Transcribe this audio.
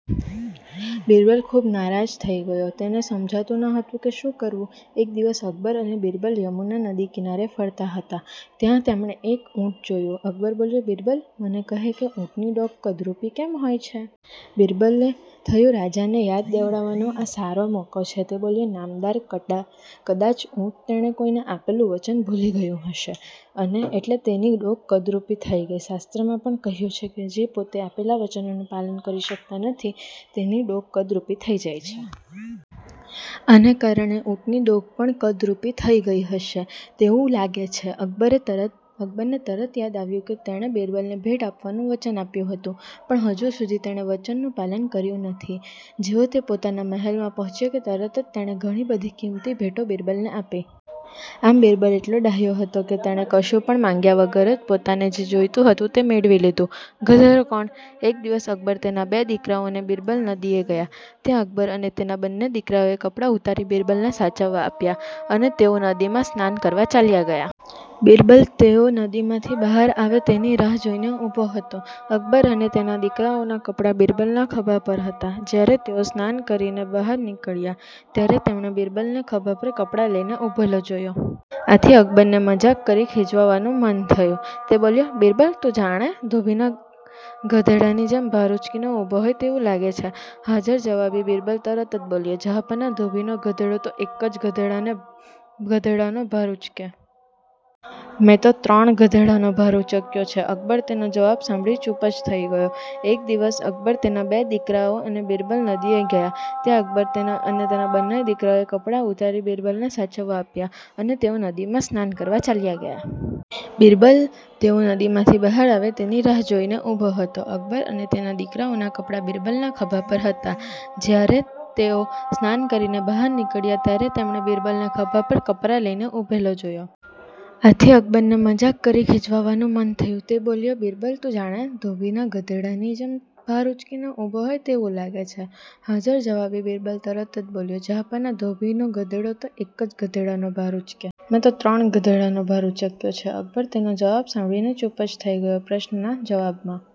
બિરબલ ખૂબ નારાજ થઈ ગયો. તેને સમજાતું ન હતું કે શું કરવું? એક દિવસ અકબર અને બિરબલ યમુના નદીના કિનારે ફરતા હતા. ત્યાં તેમણે એક ઊંટ જોયું. અકબર બોલ્યો; બિરબલ, મને કહે કે ઊંટની ડોક કદરુપી કેમ હોય છે? બિરબલને થયું, રાજાને યાદ દેવડાવવાનો આ સારો મોકો છે. તે બોલ્યો; નામદાર, કદા કદાચ ઊંટ, તેણે કોઈને આપેલું વચન ભૂલી ગયું હશે. એટલે તેની ડોક કદરુપી થઈ ગઈ. શાસ્ત્રમાં પણ કહ્યું છે કે જે પોતે આપેલા વચનોનું પાલન નથી કરતો તેની ડોક કદરુપી થઈ જાય છે. આને કારણે ઊંટની ડોક પણ કદરૂપી થઈ હશે તેવું લાગે છે. અકબરએ તરત, અકબરને તરત યાદ આવ્યું કે તેણે બિરબલને ભેટ આપવાનુ વચન આપ્યું હતું પણ હજુ સુધી તેણે વચનનું પાલન કર્યું નથી. જેવો તે પોતાના મહેલમાં પહોંચ્યો કે તરત જે તેણે ઘણી બધી કિંમતી ભેટો બિરબલને આપી. આમ બિરબલ એટલો ડાહ્યો હતો કે તેણે કશું પણ માંગ્યા વગર જ પોતાને જે જોઈતું હતું તે મેળવી લીધું. ગધેડો કોણ? એક દિવસ અકબર, તેના બે દિકરાઓ અને બિરબલ નદીએ ગયા. ત્યાં અકબર અને તેના બંને દિકરાઓએ કપડાં ઉતારી બિરબલને સાચવાવા આપ્યા અને તેઓ નદીમાં સ્નાન કરવા ચાલ્યા ગયા. બિરબલ તેઓ નદીમાંથી બહાર આવે તેની રાહ જોઈને ઉભો હતો. અકબર અને તેના દીકરાઓના કપડા બિરબલના ખભા પર હતા. જ્યારે તેઓ સ્નાન કરીને બહાર નીકળ્યા ત્યારે તેમણે બિરબલને ખભા પર કપડા લઈને ઉભેલો જોયો. આથી અકબરને મજાક કરી ખિજવવાનું મન થયું. તે બોલ્યો; બિરબલ તું જાણે ધોબીના ગધેડાની જેમ ભાર ઉચકીને ઉભો હોય તેવું લાગે છે. હાજર જવાબી બિરબલ તરત જ બોલ્યો; જહાંપનાહ, ધોબીનો ગધેડો તો એક જ ગધેડા, ગધેડાનો ભાર ઉચકે.. મેં તો ત્રણ ગધેડાનો ભાર ઉચક્યો છે. અકબર તેનો જવાબ સાંભળીને ચૂપ જ થઈ ગયો.. એક દિવસ અકબર, તેના બે દિકરાઓ અને બિરબલ નદીએ ગયા. ત્યાં અકબર અને તેના બંને દિકરાઓએ કપડાં ઉતારી બિરબલને સાચવાવા આપ્યા અને તેઓ નદીમાં સ્નાન કરવા ચાલ્યા ગયા. બિરબલ તેઓ નદીમાંથી બહાર આવે તેની રાહ જોઈને ઉભો હતો. અકબર અને તેના દીકરાઓના કપડા બિરબલના ખભા પર હતા. જ્યારે તેઓ સ્નાન કરીને બહાર નીકળ્યા ત્યારે તેમણે બિરબલને ખભા પર કપડા લઈને ઉભેલો જોયો. આથી અકબરને મજાક કરી ખિજવવાનું મન થયું. તે બોલ્યો; બિરબલ તું જાણે ધોબીના ગધેડાની જેમ ભાર ઉચકીને ઉભો હોય તેવું લાગે છે. હાજર જવાબી બિરબલ તરત જ બોલ્યો; જહાંપનાહ, ધોબીનો ગધેડો તો એક જ ગધેડાનો ભાર ઉચકે.. મેં તો ત્રણ ગધેડાનો ભાર ઉચક્યો છે.અકબર તેનો જવાબ સાંભળીને ચૂપ જ થઈ ગયો.. પ્રશ્નના જવાબમાં